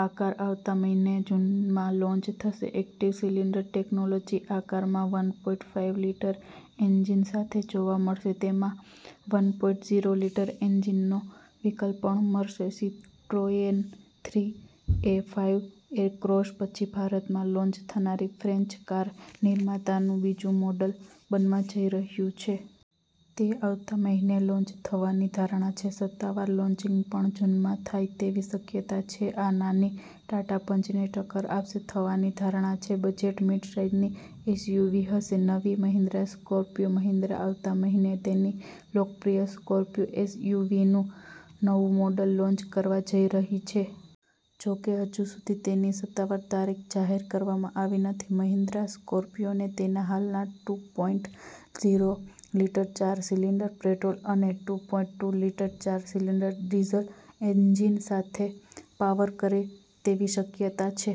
આ કાર આવતા મહિને જૂનમાં લોન્ચ થશે. એક્ટિવ સિલિન્ડર ટેક્નોલોજી આ કારમાં વન પોઇન્ટ ફાઈવ-લિટર એન્જિન સાથે જોવા મળશે. તેમાં વન પોઇન્ટ ઝીરો-લિટર એન્જિનનો વિકલ્પ પણ મળશે. Citroen three A five Aircross પછી ભારતમાં લોન્ચ થનારી ફ્રેન્ચ કાર નિર્માતાનું બીજું મોડલ બનવા જઈ રહ્યું છે. તે આવતા મહિને લોન્ચ થવાની ધારણા છે. સત્તાવાર લોન્ચિંગ પણ જૂનમાં થાય તેવી શક્યતા છે. આ નાની ટાટા પંચને ટક્કર આપશે. થવાની ધારણા છે બજેટ મિડ સાઈઝની એસયુવી હશે. નવી મહિન્દ્રા સ્કોર્પિયો મહિન્દ્રા આવતા મહિને તેની લોકપ્રિય સ્કોર્પિયો એસયુવીનું નવું મોડલ લોન્ચ કરવા જઈ રહી છે. જો કે, હજુ સુધી તેની સત્તાવાર તારીખ જાહેર કરવામાં આવી નથી. મહિન્દ્રા સ્કોર્પિયોને તેના હાલના ટુ પોઇન્ટ ઝીરો-લિટર ચાર-સિલિન્ડર પેટ્રોલ અને ટુ પોઇન્ટ ટુ-લિટર ચાર-સિલિન્ડર ડીઝલ એન્જિન સાથે પાવર કરે તેવી શક્યતા છે.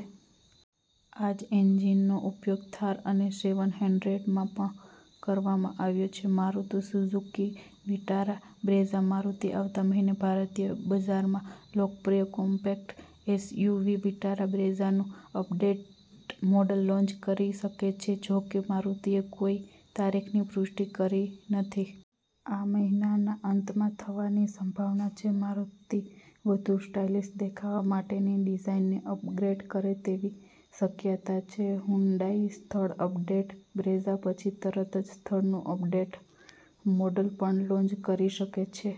આ જ એન્જિનનો ઉપયોગ થાર અને સેવન હંડ્રેડમાં પણ કરવામાં આવ્યો છે. મારુતિ સુઝુકી વિટારા બ્રેઝામારુતિ આવતા મહિને ભારતીય બજારમાં લોકપ્રિય કોમ્પેક્ટ એસયુવી વિટારા બ્રેઝાનું અપડેટેડ મોડલ લોન્ચ કરી શકે છે. જોકે મારુતિએ કોઈ તારીખની પુષ્ટિ કરી નથી. આ મહિનાના અંતમાં થવાની સંભાવના છે. મારુતિ વધુ સ્ટાઇલિશ દેખાવા માટે ની ડિઝાઇનને અપગ્રેડ કરે તેવી શક્યતા છે. હ્યુન્ડાઇ સ્થળ અપડેટેડ બ્રેઝા પછી તરત જ સ્થળનું અપડેટેડ મોડલ પણ લોન્ચ કરી શકે છે.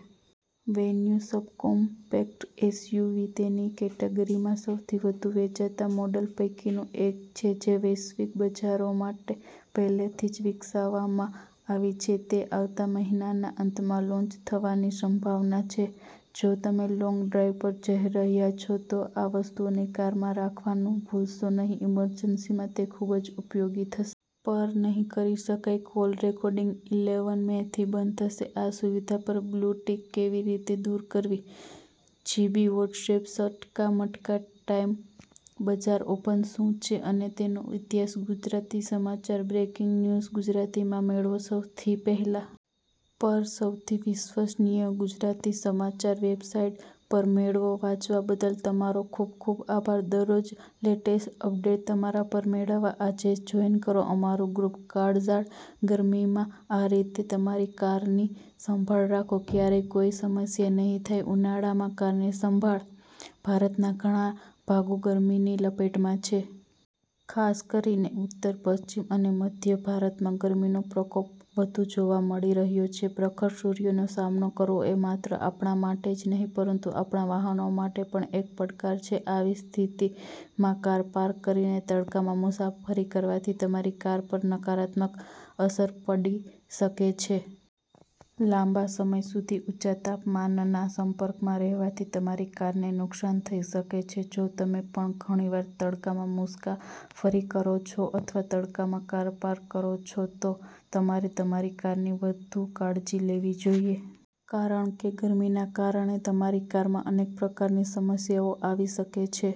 વેન્યુ સબ-કોમ્પેક્ટ એસયુવી તેની કેટેગરીમાં સૌથી વધુ વેચાતા મોડલ પૈકીનું એક છે., જે વૈશ્વિક બજારો માટે પહેલેથી જ વિકસાવવામાં આવી છે, તે આવતા મહિનાના અંતમાં લોન્ચ થવાની સંભાવના છે. જો તમે લોંગ ડ્રાઈવ પર જઈ રહ્યા છો તો આ વસ્તુઓને કારમાં રાખવાનું ભૂલશો નહીં, ઈમરજન્સીમાં તે ખૂબ જ ઉપયોગી થશે. પર નહીં કરી શકાય કોલ રેકોર્ડિંગ, ઇલેવન મેથી બંધ થશે આ સુવિધા પર બ્લુ ટિક કેવી રીતે દૂર કરવી? જીબી વોટ્સએપ - સટકા મટકા ટાઇમ બજાર ઓપન શું છે અને તેનો ઇતિહાસ ગુજરાતી સમાચાર, બ્રેકીંગ ન્યુઝ ગુજરાતીમાં મેળવો સોંથી પહેલા. પર, સૌથી વિશ્વસનીય ગુજરાતી સમાચાર વેબસાઇટ પર મેળવો, વાંચવા બદલ તમારો ખુબ ખુબ આભાર. દરરોજ લેટેસ્ટ અપડેટ તમારા પર મેળવવા આજે જ જોઈન કરો અમારું ગ્રુપ. કાળઝાળ ગરમીમાં આ રીતે તમારી કારની સંભાળ રાખો, ક્યારેય કોઈ સમસ્યા નહીં થાય ઉનાળામાં કારની સંભાળ: ભારતના ઘણા ભાગો ગરમીની લપેટમાં છે. ખાસ કરીને ઉત્તર-પશ્ચિમ અને મધ્ય ભારતમાં ગરમીનો પ્રકોપ વધુ જોવા મળી રહ્યો છે. પ્રખર સૂર્યનો સામનો કરવો એ માત્ર આપણા માટે જ નહીં પરંતુ આપણા વાહનો માટે પણ એક પડકાર છે. આવી સ્થિતિમાં કાર પાર્ક કરીને તડકામાં મુસાફરી કરવાથી તમારી કાર પર નકારાત્મક અસર પડી શકે છે. લાંબા સમય સુધી ઊંચા તાપમાનના સંપર્કમાં રહેવાથી તમારી કારને નુકસાન થઈ શકે છે. જો તમે પણ ઘણીવાર તડકામાં મુસાફરી કરો છો અથવા તડકામાં કાર પાર્ક કરો છો, તો તમારે તમારી કારની વધુ કાળજી લેવી જોઈએ. કારણ કે ગરમીના કારણે તમારી કારમાં અનેક પ્રકારની સમસ્યાઓ આવી શકે છે.